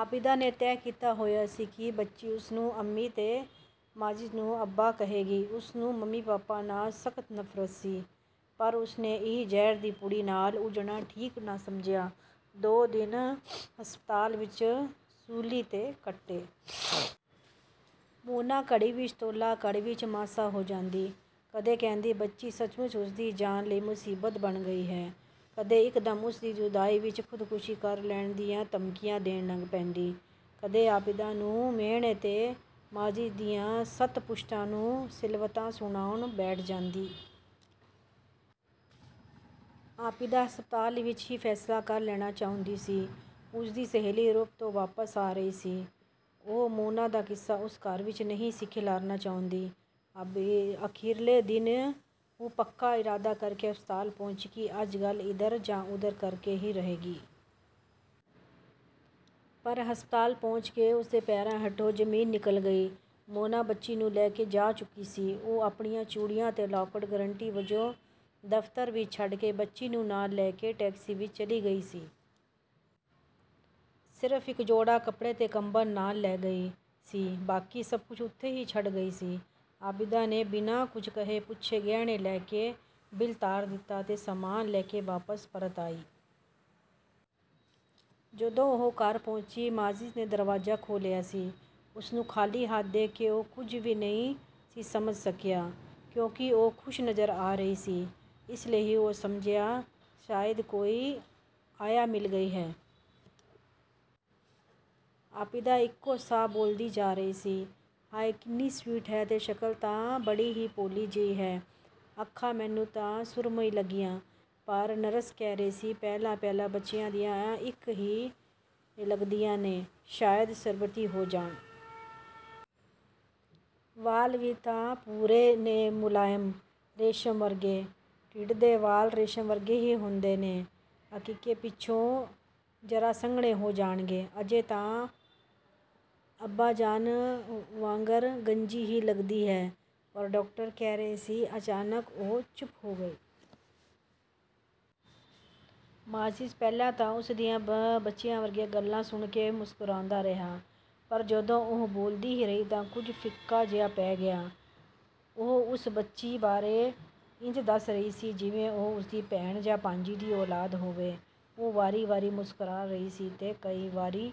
ਆਬਿਦਾ ਨੇ ਤੈਅ ਕੀਤਾ ਹੋਇਆ ਸੀ ਕਿ ਬੱਚੀ ਉਸਨੂੰ ਅੰਮੀ, ਤੇ ਮਾਜਿਦ ਨੂੰ ਅੱਬਾ ਕਹੇਗੀ। ਉਸਨੂੰ ਮੰਮੀ-ਪਾਪਾ ਨਾਲ ਸਖ਼ਤ ਨਫ਼ਰਤ ਸੀ। ਪਰ ਉਸਨੇ ਇਸ ਜ਼ਹਿਰ ਦੀ ਪੁੜੀ ਨਾਲ ਉਲਝਣਾ ਠੀਕ ਨਾ ਸਮਝਿਆ। ਦੋ ਦਿਨ ਹਸਪਤਾਲ ਵਿੱਚ ਸੂਲੀ 'ਤੇ ਕੱਟੇ। ਮੋਨਾ ਘੜੀ ਵਿੱਚ ਤੋਲਾ, ਘੜੀ ਵਿੱਚ ਮਾਸਾ ਹੋ ਜਾਂਦੀ। ਕਦੇ ਕਹਿੰਦੀ ਬੱਚੀ ਸੱਚਮੁੱਚ ਉਸਦੀ ਜਾਨ ਲਈ ਮੁਸੀਬਤ ਬਣ ਗਈ ਹੈ, ਕਦੇ ਇੱਕਦਮ ਉਸਦੀ ਜੁਦਾਈ ਵਿੱਚ ਖ਼ੁਦਕਸ਼ੀ ਕਰ ਲੈਣ ਦੀਆਂ ਧਮਕੀਆਂ ਦੇਣ ਲੱਗ ਪੈਂਦੀ, ਕਦੇ ਆਬਿਦਾ ਨੂੰ ਮਿਹਣੇ ਤੇ ਮਾਜਿਦ ਦੀਆਂ ਸੱਤ ਪੁਸ਼ਤਾਂ ਨੂੰ ਸਿਲਵਤਾਂ ਸੁਣਾਉਣ ਬੈਠ ਜਾਂਦੀ। ਆਬਿਦਾ ਹਸਪਤਾਲ ਵਿੱਚ ਹੀ ਫ਼ੈਸਲਾ ਕਰ ਲੈਣਾ ਚਾਹੁੰਦੀ ਸੀ। ਉਸਦੀ ਸਹੇਲੀ ਯੂਰਪ ਤੋਂ ਵਾਪਸ ਆ ਰਹੀ ਸੀ, ਉਹ ਮੋਨਾ ਦਾ ਕਿੱਸਾ ਉਸ ਘਰ ਵਿੱਚ ਨਹੀਂ ਸੀ ਖਿਲਾਰਨਾ ਚਾਹੁੰਦੀ। ਅਖੀਰਲੇ ਦਿਨ ਉਹ ਪੱਕਾ ਇਰਾਦਾ ਕਰਕੇ ਹਸਪਤਾਲ ਪਹੁੰਚੀ ਕਿ ਅੱਜ ਗੱਲ ਇਧਰ ਜਾਂ ਉਧਰ ਕਰਕੇ ਹੀ ਰਹੇਗੀ। ਪਰ, ਹਸਪਤਾਲ ਪਹੁੰਚ ਕੇ ਉਸਦੇ ਪੈਰਾਂ ਹੇਠੋਂ ਜ਼ਮੀਨ ਨਿਕਲ ਗਈ। ਮੋਨਾ ਬੱਚੀ ਨੂੰ ਲੈ ਕੇ ਜਾ ਚੁੱਕੀ ਸੀ। ਉਹ ਆਪਣੀਆਂ ਚੂੜੀਆਂ ਤੇ ਲਾਕਟ ਗਰੰਟੀ ਵਜੋਂ ਦਫ਼ਤਰ ਵਿੱਚ ਛੱਡ ਕੇ ਬੱਚੀ ਨੂੰ ਨਾਲ ਲੈ ਕੇ ਟੈਕਸੀ ਵਿੱਚ ਚਲੀ ਗਈ ਸੀ। ਸਿਰਫ ਇੱਕ ਜੋੜਾ ਕੱਪੜੇ ਤੇ ਕੰਬਲ ਨਾਲ ਲੈ ਗਈ ਸੀ, ਬਾਕੀ ਸਭ ਕੁਝ ਉੱਥੇ ਹੀ ਛੱਡ ਗਈ ਸੀ। ਆਬਿਦਾ ਨੇ ਬਿਨਾਂ ਕੁਝ ਕਹੇ-ਪੁੱਛੇ ਗਹਿਣੇ ਲੈ ਕੇ ਬਿੱਲ ਤਾਰ ਦਿੱਤਾ ਤੇ ਸਾਮਾਨ ਲੈ-ਕੇ ਵਾਪਸ ਪਰਤ ਆਈ। ਜਦੋਂ ਉਹ ਘਰ ਪਹੁੰਚੀ, ਮਾਜਿਦ ਨੇ ਦਰਵਾਜ਼ਾ ਖੋਲ੍ਹਿਆ ਸੀ। ਉਸਨੂੰ ਖ਼ਾਲੀ ਹੱਥ ਦੇਖ ਕੇ ਉਹ ਕੁਝ ਵੀ ਨਹੀਂ ਸੀ ਸਮਝ ਸਕਿਆ। ਕਿਉਂਕਿ ਉਹ ਖੁਸ਼ ਨਜ਼ਰ ਆ ਰਹੀ ਸੀ, ਇਸ ਲਈ ਉਹ ਸਮਝਿਆ ਸ਼ਾਇਦ ਕੋਈ ਆਇਆ ਮਿਲ ਗਈ ਹੈ। ਆਬਿਦਾ ਇੱਕੋ ਸਾਹ ਬੋਲਦੀ ਜਾ ਰਹੀ ਸੀ। ਹਾਏ ਕਿੰਨੀ ਸਵੀਟ ਹੈ-- ਤੇ ਸ਼ਕਲ ਤਾਂ ਬੜੀ ਹੀ ਭੋਲੀ ਜਿਹੀ ਹੈ! ਅੱਖਾਂ ਮੈਨੂੰ ਤਾਂ ਸੁਰਮਈ ਲੱਗੀਆਂ, ਪਰ ਨਰਸ ਕਹਿ ਰਹੀ ਸੀ, ਪਹਿਲਾਂ-ਪਹਿਲਾਂ ਬੱਚਿਆਂ ਦੀਆਂ ਇੰਜ ਹੀ ਲੱਗਦੀਆਂ ਨੇ ਸ਼ਾਇਦ ਸ਼ਰਬਤੀ ਹੋ ਜਾਣ! ਵਾਲ ਵੀ ਤਾਂ ਭੂਰੇ ਨੇ ਮੁਲਾਇਮ; ਰੇਸ਼ਮ ਵਰਗੇ, ਢਿੱਡ ਦੇ ਵਾਲ ਰੇਸ਼ਮ ਵਰਗੇ ਹੀ ਹੁੰਦੇ ਨੇ। ਅਕੀਕੇ ਪਿੱਛੋਂ ਜ਼ਰਾ ਸੰਘਣੇ ਹੋ ਜਾਣਗੇ। ਅਜੇ ਤਾਂ ਅੱਬਾ ਜਾਨ ਵਾਂਗਰ ਗੰਜੀ ਹੀ ਲੱਗਦੀ ਹੈ। ਪਰ ਡਾਕਟਰ ਕਹਿ ਰਹੀ ਸੀ" ਅਚਾਨਕ ਉਹ ਚੁੱਪ ਹੋ ਗਈ। ਮਾਜਿਦ ਪਹਿਲਾਂ ਤਾਂ ਉਸ ਦੀਆਂ ਬੱਚਿਆਂ ਵਰਗੀਆਂ ਗੱਲਾਂ ਸੁਣ ਕੇ ਮੁਸਕਰਾਉਂਦਾ ਰਿਹਾ, ਪਰ ਜਦੋਂ ਉਹ ਬੋਲਦੀ ਹੀ ਰਹੀ ਤਾਂ ਕੁਝ ਫਿੱਕਾ ਜਿਹਾ ਪੈ ਗਿਆ। ਉਹ ਉਸ ਬੱਚੀ ਬਾਰੇ ਇੰਜ ਦੱਸ ਰਹੀ ਸੀ ਜਿਵੇਂ ਉਹ ਉਸਦੀ ਭੈਣ ਜਾਂ ਭਾਂਜੀ ਦੀ ਔਲਾਦ ਹੋਵੇ। ਉਹ ਵਾਰੀ-ਵਾਰੀ ਮੁਸਕਰਾ ਰਹੀ ਸੀ ਤੇ ਕਈ ਵਾਰੀ